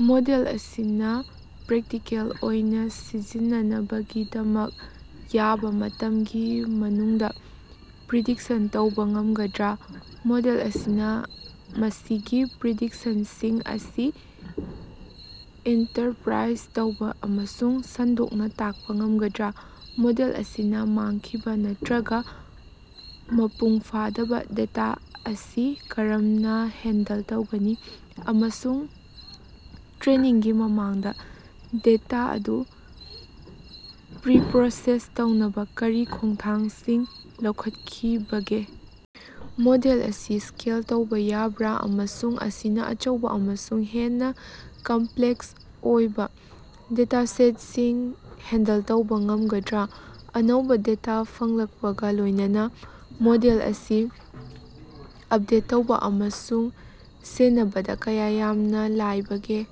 Model ꯑꯁꯤꯅ practical ꯑꯣꯏꯅ ꯁꯤꯖꯤꯟꯅꯅꯕꯒꯤꯗꯃꯛ ꯌꯥꯕ ꯃꯇꯝꯒꯤ ꯃꯅꯨꯡꯗ‌ ꯄ꯭ꯔꯤꯗꯤꯛꯁꯟ ꯇꯧꯕ ꯉꯝꯒꯗ꯭ꯔꯥ? ꯃꯣꯗꯦꯜ ꯑꯁꯤꯅ ꯃꯁꯤꯒꯤ ꯄ꯭ꯔꯤꯗꯤꯛꯁꯟꯁꯤꯡ ꯑꯁꯤ ꯏꯟꯇꯔꯞ꯭ꯔꯥꯏꯖ ꯇꯧꯕ ꯑꯃꯁꯨꯡ ꯁꯟꯗꯣꯛꯅ ꯇꯥꯛꯄ ꯉꯝꯒꯗ꯭ꯔꯥ? ꯃꯣꯗꯦꯜ ꯑꯁꯤꯅ ꯃꯥꯡꯈꯤꯕ ꯅꯠꯇꯔꯒ ꯃꯄꯨꯡ ꯐꯥꯗꯕ ꯗꯦꯇꯥ ꯑꯁꯤ ꯀꯔꯝꯅ‌ ꯍꯦꯟꯗꯜ ꯇꯧꯒꯅꯤ, ꯑꯃꯁꯨꯡ ꯇ꯭ꯔꯦꯅꯤꯡꯒꯤ ꯃꯃꯥꯡꯗ ꯗꯦꯇꯥ ꯑꯗꯨ ꯄ꯭ꯔꯤꯄꯔꯣꯁꯦꯁ ꯇꯧꯅꯕ ꯀꯔꯤ ꯈꯣꯡꯊꯥꯡꯁꯤꯡ ꯂꯧꯈꯠꯈꯤꯕꯒꯦ? ꯃꯣꯗꯦꯜ ꯑꯁꯤ ꯁ꯭ꯀꯦꯜ ꯇꯧꯕ ꯌꯥꯕꯥꯔ, ꯑꯃꯁꯨꯡ ꯃꯁꯤꯅ ꯑꯆꯧꯕ ꯑꯃꯁꯨꯡ ꯍꯦꯟꯅ ꯀꯝꯄꯂꯦꯛꯁ ꯑꯣꯏꯕ ꯗꯦꯇꯥꯁꯦꯠꯁꯤꯡ ꯍꯦꯟꯗꯜ ꯇꯧꯕ ꯉꯝꯒꯗ꯭ꯔꯥ? ꯑꯅꯧꯕ ꯗꯦꯇꯥ ꯐꯪꯂꯛꯄꯒ ꯂꯣꯏꯅꯅ ꯃꯣꯗꯦꯜ ꯑꯁꯤ ꯑꯞꯗꯦꯠ ꯇꯧꯕ ꯑꯃꯁꯨꯡ ꯁꯦꯟꯅꯕꯗ ꯀꯌꯥ ꯌꯥꯝꯅ ꯂꯥꯏꯕꯒꯦ?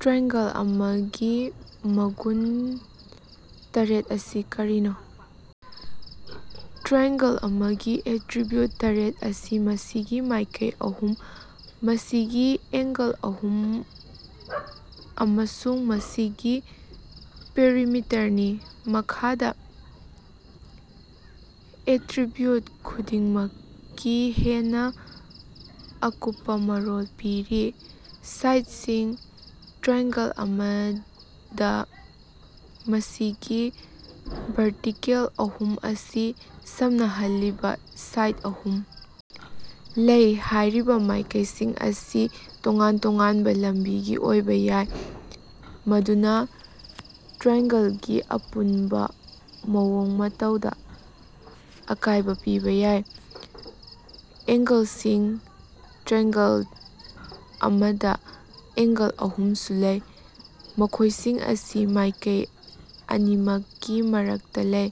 ꯇ꯭ꯔꯥꯏꯑꯦꯡꯒꯜ ꯑꯃꯒꯤ ꯃꯒꯨꯟ ꯇꯔꯦꯠ ꯑꯁꯤ ꯀꯔꯤꯅꯣ? ꯇ꯭ꯔꯥꯏꯑꯦꯡꯒꯜ ꯑꯃꯒꯤ ꯑꯦꯇꯔꯤꯕꯤꯎꯠ ꯇꯔꯦꯠ ꯑꯁꯤ ꯃꯁꯤꯒꯤ ꯃꯥꯏꯀꯩ ꯑꯍꯨꯝ, ꯃꯁꯤꯒꯤ ꯑꯦꯡꯒꯜ ꯑꯍꯨꯝ ꯑꯃꯁꯨꯡ ꯃꯁꯤꯒꯤ ꯄꯦꯔꯤꯃꯤꯇꯔꯅꯤ꯫ ꯃꯈꯥꯗ ꯑꯦꯇꯔꯤꯕꯤꯎꯠ ꯈꯨꯗꯤꯡꯃꯛꯀꯤ ꯍꯦꯟꯅ ꯑꯀꯨꯞꯄꯥ ꯃꯔꯣꯜ ꯄꯤꯔꯤ - ꯁꯥꯏꯗꯁꯤꯡ - ꯇ꯭ꯔꯥꯏꯑꯦꯡꯒꯜ ꯑꯃꯗ ꯃꯁꯤꯒꯤ ꯚꯔꯇꯤꯀꯦꯜ ꯑꯍꯨꯝ ꯑꯁꯤ ꯁꯝꯅꯍꯜꯂꯤꯕ ꯁꯥꯏꯗ ꯑꯍꯨꯝ ꯂꯩ꯫ ꯍꯥꯏꯔꯤꯕ ꯃꯥꯏꯀꯩꯁꯤꯡ ꯑꯁꯤ ꯇꯣꯉꯥꯟ ꯇꯣꯉꯥꯟꯕ ꯂꯝꯕꯤꯒꯤ ꯑꯣꯏꯕ ꯌꯥꯏ, ꯃꯗꯨꯅ ꯇ꯭ꯔꯥꯏꯑꯦꯡꯒꯜꯒꯤ ꯑꯄꯨꯟꯕ ꯃꯑꯣꯡ ꯃꯇꯧꯗ ꯑꯀꯥꯏꯕ ꯄꯤꯕ ꯌꯥꯏ꯫ ꯑꯦꯡꯒꯜꯁꯤꯡ - ꯇ꯭ꯔꯥꯏꯑꯦꯡꯒꯜ ꯑꯃꯗ ꯑꯦꯡꯒꯜ ꯑꯍꯨꯝꯁꯨ ꯂꯩ, ꯃꯈꯣꯏꯁꯤꯡ ꯑꯁꯤ ꯃꯥꯏꯀꯩ ꯑꯅꯤꯃꯛꯀꯤ ꯃꯔꯛꯇ ꯂꯩ꯫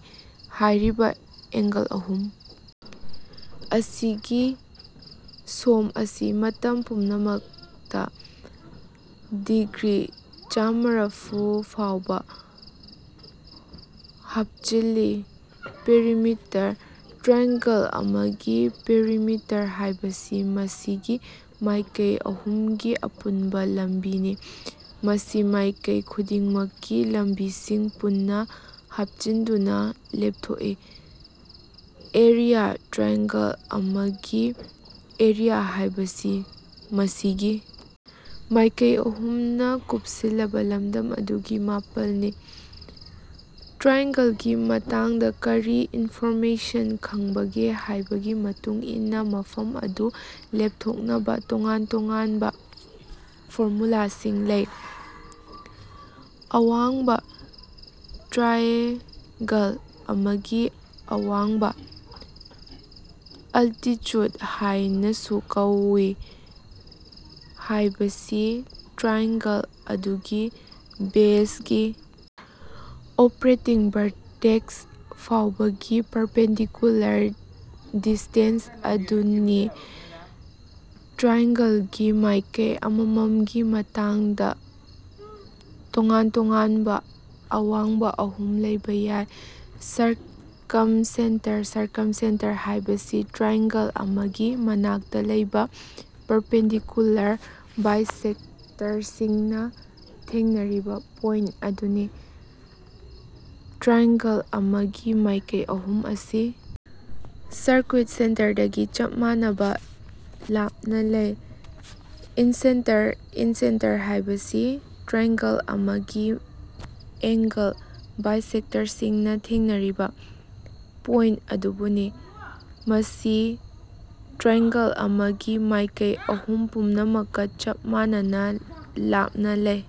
ꯍꯥꯏꯔꯤꯕ ꯑꯦꯡꯒꯜ ꯑꯍꯨꯝ ꯑꯁꯤꯒꯤ ꯁꯣꯝ ꯑꯁꯤ ꯃꯇꯝ ꯄꯨꯝꯅꯃꯛꯇ ꯗꯤꯒ꯭ꯔꯤ ꯆꯥꯝꯃꯔꯥꯐꯨ ꯐꯥꯎꯕ ꯍꯥꯞꯆꯤꯜꯂꯤ꯫ ꯄꯦꯔꯤꯃꯤꯇꯔ - ꯇ꯭ꯔꯥꯏꯑꯦꯡꯒꯜ ꯑꯃꯒꯤ ꯄꯦꯔꯤꯃꯤꯇꯔ ꯍꯥꯏꯕꯁꯤ ꯃꯁꯤꯒꯤ ꯃꯥꯏꯀꯩ ꯑꯍꯨꯝꯒꯤ ꯑꯄꯨꯟꯕ ꯂꯝꯕꯤꯅꯤ꯫ ꯃꯁꯤ ꯃꯥꯏꯀꯩ ꯈꯨꯗꯤꯡꯃꯛꯀꯤ ꯂꯝꯕꯤꯁꯤꯡ ꯄꯨꯟꯅ ꯍꯥꯞꯆꯤꯟꯗꯨꯅ ꯂꯦꯞꯊꯣꯛꯏ꯫ ꯑꯦꯔꯤꯌꯥ -ꯇ꯭ꯔꯥꯏꯑꯦꯡꯒꯜ ꯑꯃꯒꯤ ꯑꯦꯔꯤꯌꯥ ꯍꯥꯏꯕꯁꯤ ꯃꯁꯤꯒꯤ ꯃꯥꯏꯀꯩ ꯑꯍꯨꯝꯅ ꯀꯨꯞꯁꯤꯜꯂꯕ ꯂꯝꯗꯝ ꯑꯗꯨꯒꯤ ꯃꯥꯄꯜꯅꯤ꯫ ꯇ꯭ꯔꯥꯏꯑꯦꯡꯒꯜꯒꯤ ꯃꯇꯥꯡꯗ ꯀꯔꯤ ꯏꯟꯐꯣꯔꯃꯦꯁꯟ ꯈꯡꯕꯒꯦ ꯍꯥꯏꯕꯒꯤ ꯃꯇꯨꯡ ꯏꯟꯅ ꯃꯐꯝ ꯑꯗꯨ ꯂꯦꯞꯊꯣꯛꯅꯕ ꯇꯣꯉꯥꯟ ꯇꯣꯉꯥꯟꯕ ꯐꯣꯔꯃꯨꯂꯥꯁꯤꯡ ꯂꯩ꯫ ꯑꯋꯥꯡꯕ - ꯇ꯭ꯔꯥꯏꯑꯦ꯫ꯒꯜ ꯑꯃꯒꯤ ꯑꯋꯥꯡꯕ, ꯑꯜꯇꯤꯆꯨꯗ ꯍꯥꯏꯅꯥꯁꯨ ꯀꯧꯏ ꯍꯥꯢꯕꯁꯤ ꯇ꯭ꯔꯥꯏꯑꯦꯡꯒꯜ ꯑꯗꯨꯒꯤ ꯕꯦꯖꯀꯤ ꯑꯣꯄ꯭ꯔꯦꯇꯤꯡ ꯚꯦꯔꯇꯦꯛꯁ ꯐꯥꯎꯕꯒꯤ ꯄꯥꯔꯄꯦꯟꯗꯤꯀꯨꯂꯥꯔ ꯗꯤꯁ꯭ꯇꯦꯟꯁ ꯑꯗꯨꯅꯤ꯫ ꯇ꯭ꯔꯥꯏꯑꯦꯡꯒꯜꯒꯤ ꯃꯥꯏꯀꯩ ꯑꯃꯃꯝꯒꯤ ꯃꯇꯥꯡꯗ ꯇꯣꯉꯥꯟ ꯇꯣꯉꯥꯟꯕ ꯑꯋꯥꯡꯕ ꯑꯍꯨꯝ ꯂꯩꯕ ꯌꯥꯏ꯫ ꯁꯔꯀꯝꯁꯦꯟꯇꯔ- ꯁꯔꯀꯝꯁꯦꯟꯇꯔ ꯍꯥꯏꯕꯁꯤ ꯇ꯭ꯔꯥꯏꯑꯦꯡꯒꯜ ꯑꯃꯒꯤ ꯃꯅꯥꯛꯇ ꯂꯩꯕ ꯄꯥꯔꯄꯦꯟꯗꯤꯀꯨꯂꯥꯔ ꯕꯥꯏꯁꯦꯛꯇꯔꯁꯤꯡꯅ ꯊꯦꯡꯅꯔꯤꯕ ꯄꯣꯏꯟꯇ ꯑꯗꯨꯅꯤ꯫ ꯇ꯭ꯔꯥꯏꯑꯦꯡꯒꯜ ꯑꯃꯒꯤ ꯃꯥꯏꯀꯩ ꯑꯍꯨꯝ ꯑꯁꯤ ꯁꯔꯀ꯭ꯌꯨꯏꯟꯇ ꯁꯦꯟꯇꯔꯗꯒꯤ ꯆꯞ ꯃꯥꯟꯅꯕ ꯂꯥꯞꯅ ꯂꯩ꯫ ꯏꯟꯁꯦꯟꯇꯔ -ꯏꯟꯁꯦꯟꯇꯔ ꯍꯥꯏꯕꯁꯤ ꯇ꯭ꯔꯥꯏꯑꯦꯡꯒꯜ ꯑꯃꯒꯤ ꯑꯦꯡꯒꯜ ꯕꯥꯏꯁꯦꯛꯇꯔꯁꯤꯡꯅ ꯊꯦꯡꯅꯔꯤꯕ ꯄꯣꯏꯟꯇ ꯑꯗꯨꯕꯨꯅꯤ꯫ ꯃꯁꯤ ꯇ꯭ꯔꯤꯑꯦꯡꯒꯜ ꯑꯃꯒꯤ ꯃꯥꯏꯀꯩ ꯑꯍꯨꯝ ꯄꯨꯝꯅꯃꯛꯀ ꯆꯞ ꯃꯥꯟꯅꯅꯥ ꯂꯥꯞꯅ ꯂꯩ꯫